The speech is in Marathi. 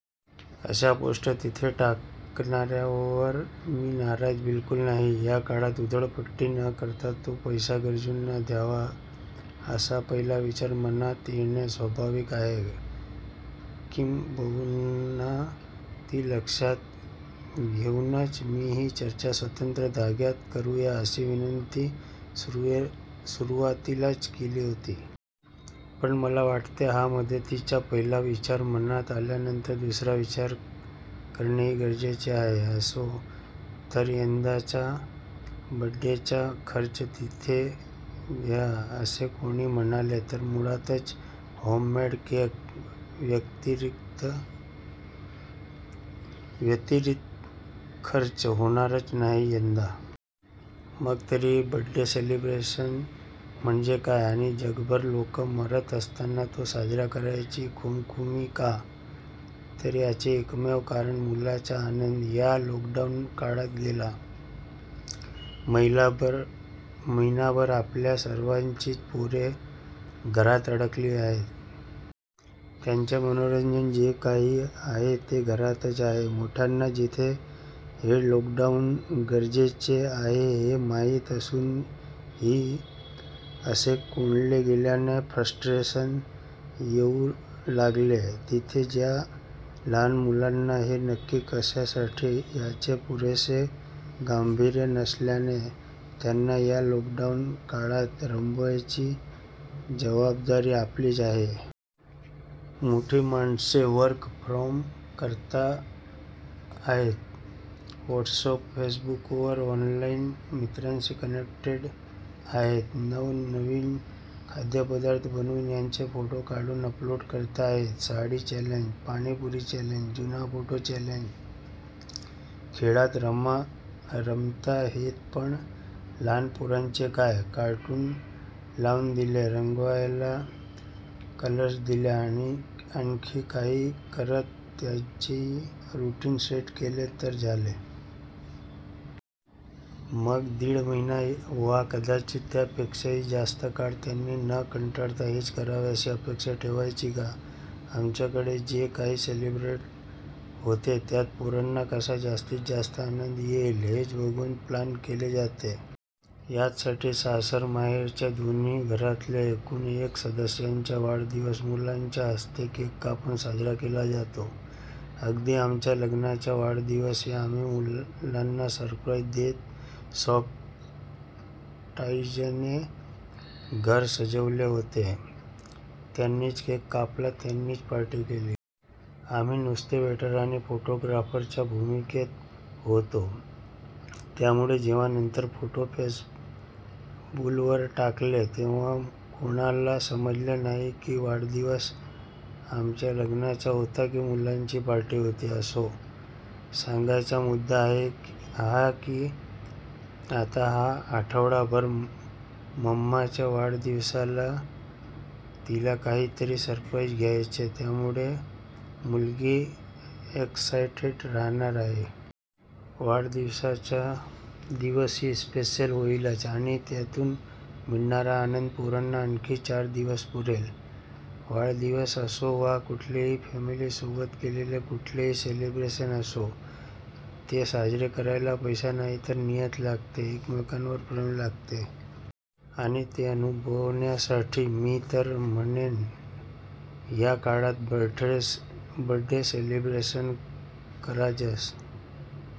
अश्या पोस्ट तिथे टाकणारयांवर मी नाराज बिलकुल नाही. या काळात उधळपट्टी न करता तो पैसा गरजूंना द्यावा असा पहिला विचार मनात येणे स्वाभाविक आहे. किंबहुना ती लक्षात घेऊनच मी ही चर्चा स्वतंत्र धाग्यात करूया अशी विनंती सुरुवातीलाच केली होती. पण मला वाटते हा मदतीचा पहिला विचार मनात आल्यानंतर दुसरा विचार करणेही गरजेचे आहे. असो, तर यंदाचा बड्डेचा खर्च तिथे द्या असे कोणी म्हणाले तर मुळातच होममेड केक व्यतीरीक्त खर्च होणारच नाहीये यंदा. मग तरीही बड्डे सेलिब्रेशन म्हणजे काय? आणि जगभर लोकं मरत असताना तो साजरा करायची खुमखुमी का?? तर याचे एकमेव कारण मुलांचा आनंद. या लॉकडाऊन काळात गेला महिनाभर आपल्या सर्वांचीच पोरे घरात अडकली आहेत. त्यांचे मनोरंजन जे काही आहे ते घरातच आहे. मोठ्यांना जिथे हे लॉकडाऊन गरजेचे आहे हे माहीत असूनही असे कोंडले गेल्याने फ्रस्टेशन येऊ लागलेय तिथे ज्या लहान मुलांना हे नक्की कश्यासाठी याचे पुरेसे गांभीर्य नसल्याने त्यांना या लॉकडाऊन काळात रमवायची जबाबदारी आपलीच आहे. मोठी माणसे वर्क फ्रॉम करताहेत. व्हॉट्सप फेसबूकवर ऑनलाईन मित्रांशी कनेक्टेड आहेत. नवनवीन खाद्यपदार्थ बनवून त्यांचे फोटो काढून अपलोड करताहेत, साडी चॅलेंज, पाणीपुरी चॅलेंज, जुना फोटो चॅलेंज खेळात रमताहेतपण लहान पोरांचे काय?? कार्टून लाऊन दिले, रंगवायला कलर्स दिले आणखी काही करत त्यांचेही रुटीन सेट केले तर झाले? मग दिड महिना वा कदाचित त्यापेक्षाही जास्त काळ त्यांनी न कंटाळता हेच करावे अशी अपेक्षा ठेवायची का? आमच्याकडे जे काही सेलिब्रेट होते त्यात पोरांना कसा जास्तीत जास्त आनंद येईल हेच बघून प्लान केले जाते. याचसाठी सासरमाहेरच्या दोन्ही घरातल्या एकूण एक सदस्यांचा वाढदिवस मुलांच्या हस्ते केक कापून साजरा केला जातो. अगदी आमचा लग्नाचा वाढदिवसही आम्ही मुलांना सरप्राईज देत सॉफ्ट टॉईजने घर सजवले होते. त्यांनीच केक कापला त्यांनीच पार्टी केली. आम्ही नुसते वेटर आणि फोटोग्राफरच्या भुमिकेत होतो. त्यामुळे जेव्हा नंतर फोटो फेसबूलवर टाकले तेव्हा कोणाला समजले नाही की वाढदिवस आमच्य लग्नाचा होता की मुलांची पार्टी होती. असो, सांगायचा मुद्दा हा की आता हा आठवडाभर मम्माच्या वाढदिवसाला तिला काहीतरी सरप्राईज द्यायचे यामुळे मुलगी एक्सायटेड राहणार आहे. वाढदिवसाचा दिवसही स्पेशल होईलच. आणि त्यातून मिळणारा आनंद पोरांना आणखी चार दिवस पुरेल. वाढदिवस असो वा कुठलेही फॅमिलीसोबत केलेले कुठलेही सेलिब्रेशन असो, ते साजरे करायला पैसा नाही तर नियत लागते, एकमेकांवर प्रेम लागते. आणि ते अनुभवण्यासाठी मी तर म्हणेन या काळात बर्थडे सेलिब्रेशन कराजसं